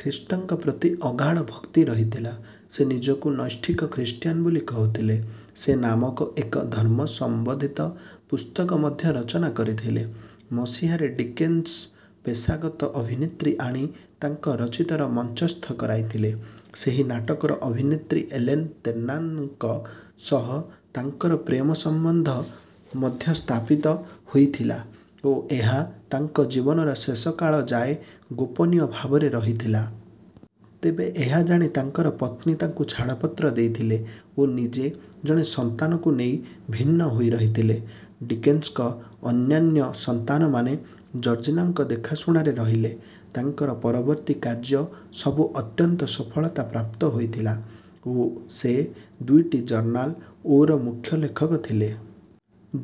ଖ୍ରୀଷ୍ଟଙ୍କ ପ୍ରତି ଅଗାଢ଼ ଭକ୍ତି ରହିଥିଲା। ସେ ନିଜକୁ ନୈଷ୍ଠିକ ଖ୍ରୀଷ୍ଟିୟାନ୍ ବୋଲି କହୁଥିଲେ। ସେ ନାମକ ଏକ ଧର୍ମ ସମ୍ବନ୍ଧିତ ପୁସ୍ତକ ମଧ୍ୟ ରଚନା କରିଥିଲେ। ମସିହାରେ ଡିକେନ୍ସ ପେଶାଗତ ଅଭିନେତ୍ରୀ ଆଣି ତାଙ୍କ ରଚିତ ର ମଞ୍ଚସ୍ଥ କରାଇଥିଲେ। ସେହି ନାଟକର ଅଭିନେତ୍ରୀ ଏଲେନ୍ ତେର୍ନାନଙ୍କ ସହ ତାଙ୍କର ପ୍ରେମ ସମ୍ବନ୍ଧ ମଧ୍ୟ ସ୍ଥାପିତ ହୋଇଥିଲା ଓ ଏହା ତାଙ୍କ ଜୀବନର ଶେଷ କାଳ ଯାଏ ଗୋପନୀୟ ଭାବରେ ରହିଥିଲା। ତେବେ ଏହା ଜାଣି ତାଙ୍କର ପତ୍ନୀ ତାଙ୍କୁ ଛାଡ଼ପତ୍ର ଦେଇଥିଲେ ଓ ନିଜେ ଜଣେ ସନ୍ତାନକୁ ନେଇ ଭିନ୍ନ ହୋଇ ରହିଥିଲେ। ଡିକେନ୍ସଙ୍କ ଅନ୍ୟାନ୍ୟ ସନ୍ତାନମାନେ ଜର୍ଜିନାଙ୍କ ଦେଖାଶୁଣାରେ ରହିଲେ। ତାଙ୍କର ପରବର୍ତ୍ତୀ କାର୍ଯ୍ୟ ସବୁ ଅତ୍ୟନ୍ତ ସଫଳତା ପ୍ରାପ୍ତ ହୋଇଥିଲା ଓ ସେ ଦୁଇଟି ଜର୍ନାଲ ଓ ର ମୁଖ୍ୟ ଲେଖକ ଥିଲେ।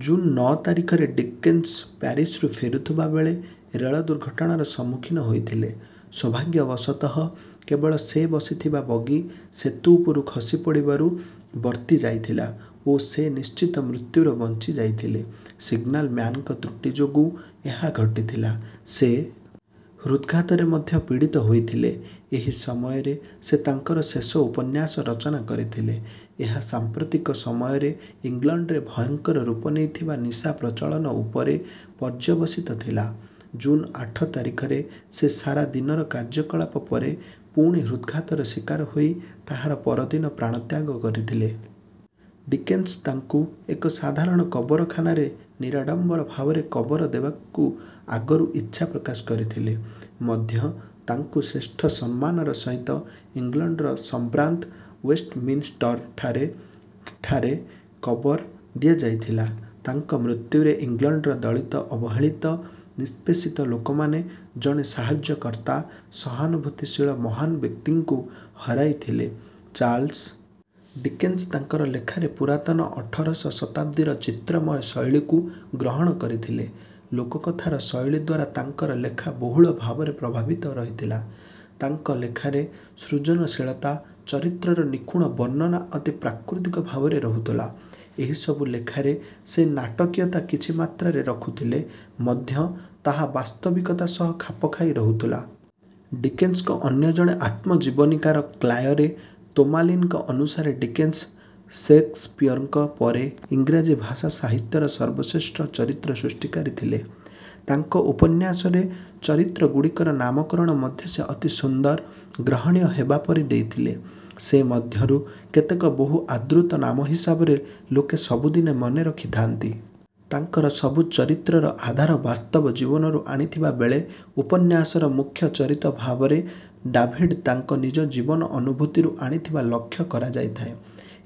ଜୁନ୍ ନଅ ତାରିଖରେ ଡିକେନ୍ସ ପ୍ୟାରିସ୍‌ରୁ ଫେରୁଥିବା ବେଳେ ରେଳ ଦୁର୍ଘଟଣାର ସମ୍ମୁଖୀନ ହୋଇଥିଲେ। ସୌଭାଗ୍ୟବଶତଃ, କେବଳ ସେ ବସିଥିବା ବଗି ସେତୁ ଉପରୁ ଖସି ପଡ଼ିବାରୁ ବର୍ତ୍ତି ଯାଇଥିଲା ଓ ସେ ନିଶ୍ଚିତ ମୃତ୍ୟୁରୁ ବଞ୍ଚିଯାଇଥିଲେ। ସିଗ୍ନାଲ୍ ମ୍ୟାନ୍‌ଙ୍କ ତ୍ରୁଟି ଯୋଗୁଁ ଏହା ଘଟିଥିଲା। ସେ ହୃଦ୍‌ଘାତରେ ମଧ୍ୟ ପୀଡ଼ିତ ହୋଇଥିଲେ। ଏହି ସମୟରେ ସେ ତାଙ୍କର ଶେଷ ଉପନ୍ୟାସ ରଚନା କରିଥିଲେ। ଏହା ସାମ୍ପ୍ରତିକ ସମୟରେ ଇଂଲଣ୍ଡରେ ଭୟଙ୍କର ରୂପ ନେଇଥିବା ନିଶା ପ୍ରଚଳନ ଉପରେ ପର୍ଯ୍ୟବସିତ ଥିଲା। ଜୁନ୍ ଆଠ ତାରିଖରେ ସେ ସାରା ଦିନର କାର୍ଯ୍ୟକଳାପ ପରେ ପୁଣି ହୃଦ୍‌ଘାତର ଶିକାର ହୋଇ ତାହାର ପରଦିନ ପ୍ରାଣତ୍ୟାଗ କରିଥିଲେ। ଡିକେନ୍ସ ତାଙ୍କୁ ଏକ ସାଧାରଣ କବରଖାନାରେ ନିରାଡ଼ମ୍ବର ଭାବରେ କବର ଦେବାକୁ ଆଗରୁ ଇଚ୍ଛା ପ୍ରକାଶ କରିଥିଲେ ମଧ୍ୟ ତାଙ୍କୁ ଶ୍ରେଷ୍ଠ ସମ୍ମାନର ସହିତ ଇଂଲଣ୍ଡର ସମ୍ଭ୍ରାନ୍ତ ୱେଷ୍ଟମିନ୍‌ଷ୍ଟରଠାରେ ଠାରେ କବର ଦିଆଯାଇଥିଲା। ତାଙ୍କ ମୃତ୍ୟୁରେ ଇଂଲଣ୍ଡର ଦଳିତ, ଅବହେଳିତ, ନିଷ୍ପେଷିତ ଲୋକମାନେ ଜଣେ ସାହାଯ୍ୟକର୍ତ୍ତା, ସହାନୁଭୂତିଶୀଳ ମହାନ ବ୍ୟକ୍ତିଙ୍କୁ ହରାଇଥିଲେ। ଚାର୍ଲସ୍ ଡିକେନ୍ସ ତାଙ୍କର ଲେଖାରେ ପୁରାତନ ଅଠରଶ ଶତାବ୍ଦୀର ଚିତ୍ରମୟ ଶୈଳୀକୁ ଗ୍ରହଣ କରିଥିଲେ। ଲୋକକଥାର ଶୈଳୀ ଦ୍ୱାରା ତାଙ୍କର ଲେଖା ବହୁଳ ଭାବରେ ପ୍ରଭାବିତ ରହିଥିଲା। ତାଙ୍କ ଲେଖାରେ ସୃଜନଶୀଳତା, ଚରିତ୍ରର ନିଖୁଣ ବର୍ଣ୍ଣନା ଅତି ପ୍ରାକୃତିକ ଭାବରେ ରହୁଥିଲା। ଏହିସବୁ ଲେଖାରେ ସେ ନାଟକୀୟତା କିଛି ମାତ୍ରାରେ ରଖୁଥିଲେ ମଧ୍ୟ ତାହା ବାସ୍ତବିକତା ସହ ଖାପ ଖାଇ ରହୁଥିଲା। ଡିକେନ୍ସଙ୍କ ଅନ୍ୟ ଜଣେ ଆତ୍ମଜୀବନୀକାର କ୍ଲାୟରେ ତୋମାଲିନ୍ ଙ୍କ ଅନୁସାରେ ଡିକେନ୍ସ ଷେକ୍ସପିୟରଙ୍କ ପରେ ଇଂରାଜୀ ଭାଷା ସାହିତ୍ୟର ସର୍ବଶ୍ରେଷ୍ଠ ଚରିତ୍ର ସୃଷ୍ଟିକାରୀ ଥିଲେ। ତାଙ୍କ ଉପନ୍ୟାସରେ ଚରିତ୍ରଗୁଡ଼ିକର ନାମକରଣ ମଧ୍ୟ ସେ ଅତି ସୁନ୍ଦର, ଗ୍ରହଣୀୟ ହେବା ପରି ଦେଇଥିଲେ। ସେମଧ୍ୟରୁ କେତେକ ବହୁ ଆଦୃତ ନାମ ହିସାବରେ ଲୋକେ ସବୁଦିନେ ମନେ ରଖିଥାନ୍ତି। ତାଙ୍କର ସବୁ ଚରିତ୍ରର ଆଧାର ବାସ୍ତବ ଜୀବନରୁ ଆଣିଥିବା ବେଳେ ଉପନ୍ୟାସର ମୁଖ୍ୟ ଚରିତ୍ର ଭାବରେ ଡାଭିଡ୍ ତାଙ୍କ ନିଜ ଜୀବନ ଅନୁଭୂତିରୁ ଆଣିଥିବା ଲକ୍ଷ୍ୟ କରାଯାଇଥାଏ।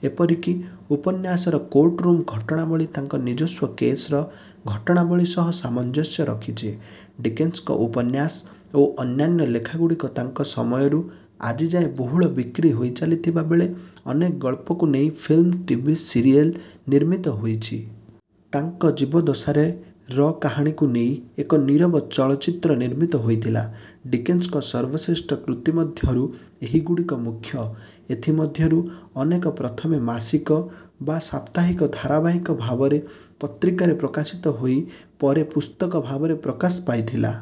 ଏପରିକି ଉପନ୍ୟାସର କୋର୍ଟରୁମ୍ ଘଟଣାବଳୀ ତାଙ୍କ ନିଜସ୍ୱ କେସ୍‌ର ଘଟଣାବଳୀ ସହ ସାମଞ୍ଜସ୍ୟ ରଖିଛି। ଡିକେନ୍ସଙ୍କ ଉପନ୍ୟାସ ଓ ଅନ୍ୟାନ୍ୟ ଲେଖାଗୁଡ଼ିକ ତାଙ୍କ ସମୟରୁ ଆଜିଯାଏ ବହୁଳ ବିକ୍ରି ହୋଇଚାଲିଥିବା ବେଳେ ଅନେକ ଗଳ୍ପକୁ ନେଇ ଫିଲ୍ମ, ଟିଭି ସିରିଏଲ୍ ନିର୍ମିତ ହୋଇଛି। ତାଙ୍କ ଜୀବଦ୍ଦଶାରେ ର କାହାଣୀକୁ ନେଇ ଏକ ନୀରବ ଚଳଚ୍ଚିତ୍ର ନିର୍ମିତ ହୋଇଥିଲା। ଡିକେନ୍ସଙ୍କ ସର୍ବଶ୍ରେଷ୍ଠ କୃତି ମଧ୍ୟରୁ ଏହିଗୁଡ଼ିକ ମୁଖ୍ୟ। ଏଥିମଧ୍ୟରୁ ଅନେକ ପ୍ରଥମେ ମାସିକ ବା ସାପ୍ତାହିକ ଧାରାବାହିକ ଭାବରେ ପତ୍ରିକାରେ ପ୍ରକାଶିତ ହୋଇ ପରେ ପୁସ୍ତକ ଭାବରେ ପ୍ରକାଶ ପାଇଥିଲା।